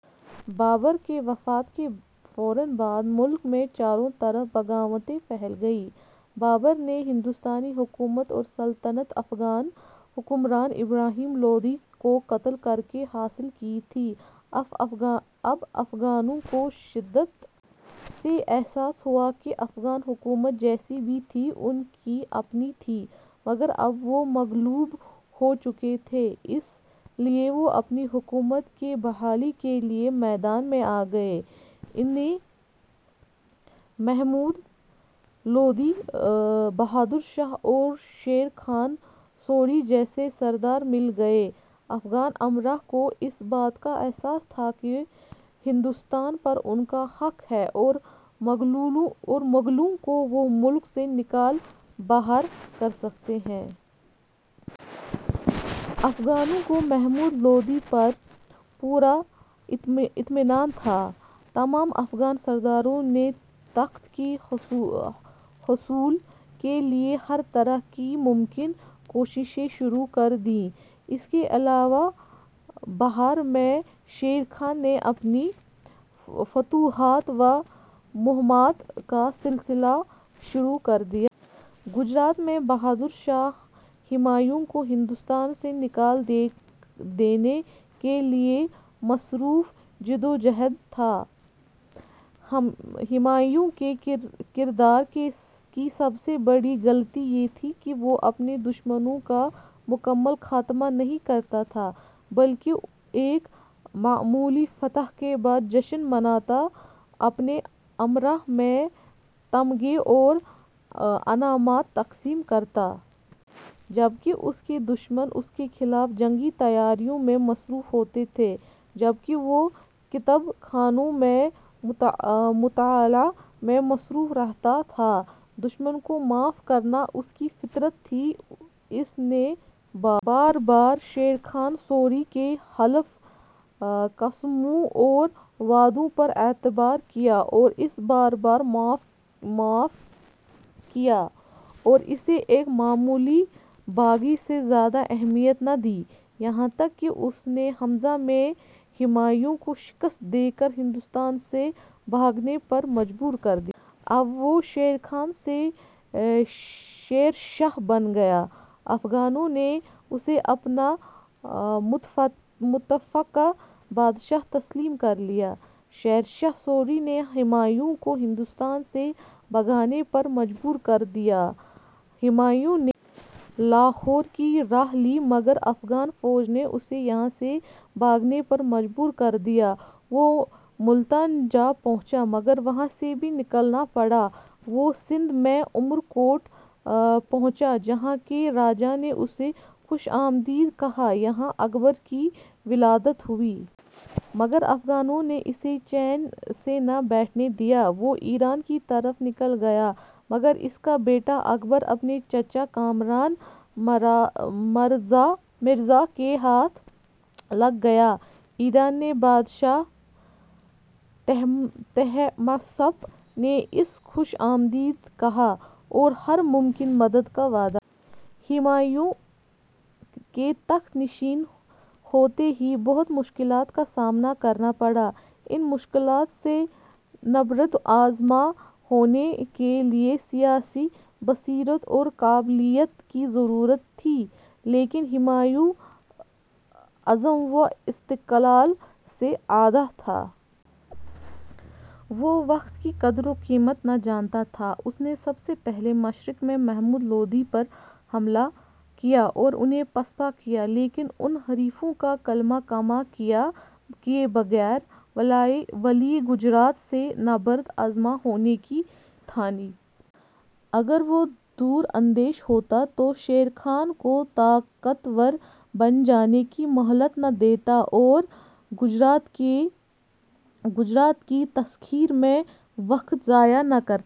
بابر کی وفات کے فوراً بعد ملک میں چاروں طرف بغاوتیں پھیل گئیں۔ بابر نے ہندوستانی حکومت اور سلطنت افغان حکمران ابراہیم لودھی کو قتل کرکے حاصل کی تھی اب افغانوں کو شدت سے احساس ہواکہ افغان حکومت جیسی بھی تھی ان کی اپنی تھی مگر اب وہ مغلوب ہو چکے تھے اس لیے وہ اپنی حکومت کی بحالی کے لیے میدان میں آ گئے انھیں محمود لودھی، بہادر شاہ اور شیر خان سوری جیسے سردار مل گئے افغان امرا کو اس بات کا احساس تھا کہ ہندوستان پر ان کا حق ہے اور مغلوں کو وہ ملک سے نکال باہر کرسکتے ہیں۔ افغانوں کو محمود لودھی پر پورا اطمینان تھا۔ تمام افغان سرداروں نے تخت کے حصول کے لیے ہرطرح کی ممکن کوششیں شروع کر دیں۔ اس کے علاوہ بہار میں شیر خان نے اپنی فتوحات و مہمات کا سلسلہ شروع کر دیا۔ گجرات میں بہادر شاہ ہمایوں کو ہندوستان سے نکال دینے کے لیے مصروفِ جِدوجُہد تھا۔ ہمایوں کے کردار کی سب سے بڑی غلطی یہ تھی کہ وہ اپنے دشمنوں کا مکمل خاتمہ نہیں کرتاتھا بلکہ ایک معمولی فتح کے بعد جشن مناتا اپنے امرا میں تمغے اور انعامات تقسیم کرتا۔ جبکہ اس کے دشمن اس کے خلاف جنگی تیاریوں میں مصروف ہوتے تھے جبکہ وہ کتب خانوں میں مطالعہ میں مصروف رہتاتھا دشمن کو معاف کرنا اس کی فطرت تھی اس نے بار بار شیرخان سوری کے حلف، قسموں اور وعدوں پر اعتبار کیا اور اسے بار بار معاف کیا اور اسے ایک معمولی باغی سے زیادہ اہمیت نہ دی یہاں تک کہ اس نے ء میں ہمایوں کو شکست دے کر ہندوستان سے بھاگنے پر مجبور کر دیا۔ اب وہ شیر خان سے شیر شاہ بن گیا افغانوں نے اسے اپنا متفقہ بادشاہ تسلیم کر لیا۔ شیر شاہ سوری نے ہمایوں کو ہندوستان سے بھاگنے پر مجبور کر دیا ہمایوں نے لاہور کی راہ لی مگر افغان فوج نے اسے یہاں سے بھاگنے پر مجبور کر دیا وہ ملتان جا پہنچا مگر وہاں سے بھی نکلنا پڑاوہ سندھ میں عمر کوٹ پہنچا جہاں کے راجا نے اسے خوش آمدید کہا یہاں اکبر کی ولادت ہوئی۔ مگر افغانوں نے اسے چین سے نہ بیٹھنے دیا وہ ایران کی طرف نکل گیا مگر اس کا بیٹا اکبر اپنے چچا کامران مرزا کے ہاتھ لگ گیا ایران کے بادشاہ طہماسپ نے اسے خوش آمدید کہا اور ہر ممکن مدد کا وعدہ کیا۔ ہمایوں کے تخت نشین ہوتے ہی بہت مشکلات کا سامنا کرنا پڑا۔ ان مشکلات سے نبرد آزما ہونے کے لیے سیاسی بصیرت اور قابلیت کی ضرورت تھی لیکن ہمایوں عزم و استقلال سے عاری تھا۔ وہ وقت کی قدر و قیمت نہ جانتا تھا۔ اس نے سب سے پہلے مشرق میں محمود لودھی پر حملے کیے اور انھیں پسپا کیا لیکن ان حریفوں کا قلع قمع کیے بغیر والئ گجرات سے نبرد آزما ہونے کی ٹھانی۔ اگر وہ دور اندیش ہوتا تو شیر خان کو طاقتور بن جانے کی مہلت نہ دیتا اور گجرات کی تسخیر میں وقت ضائع نہ کرتا۔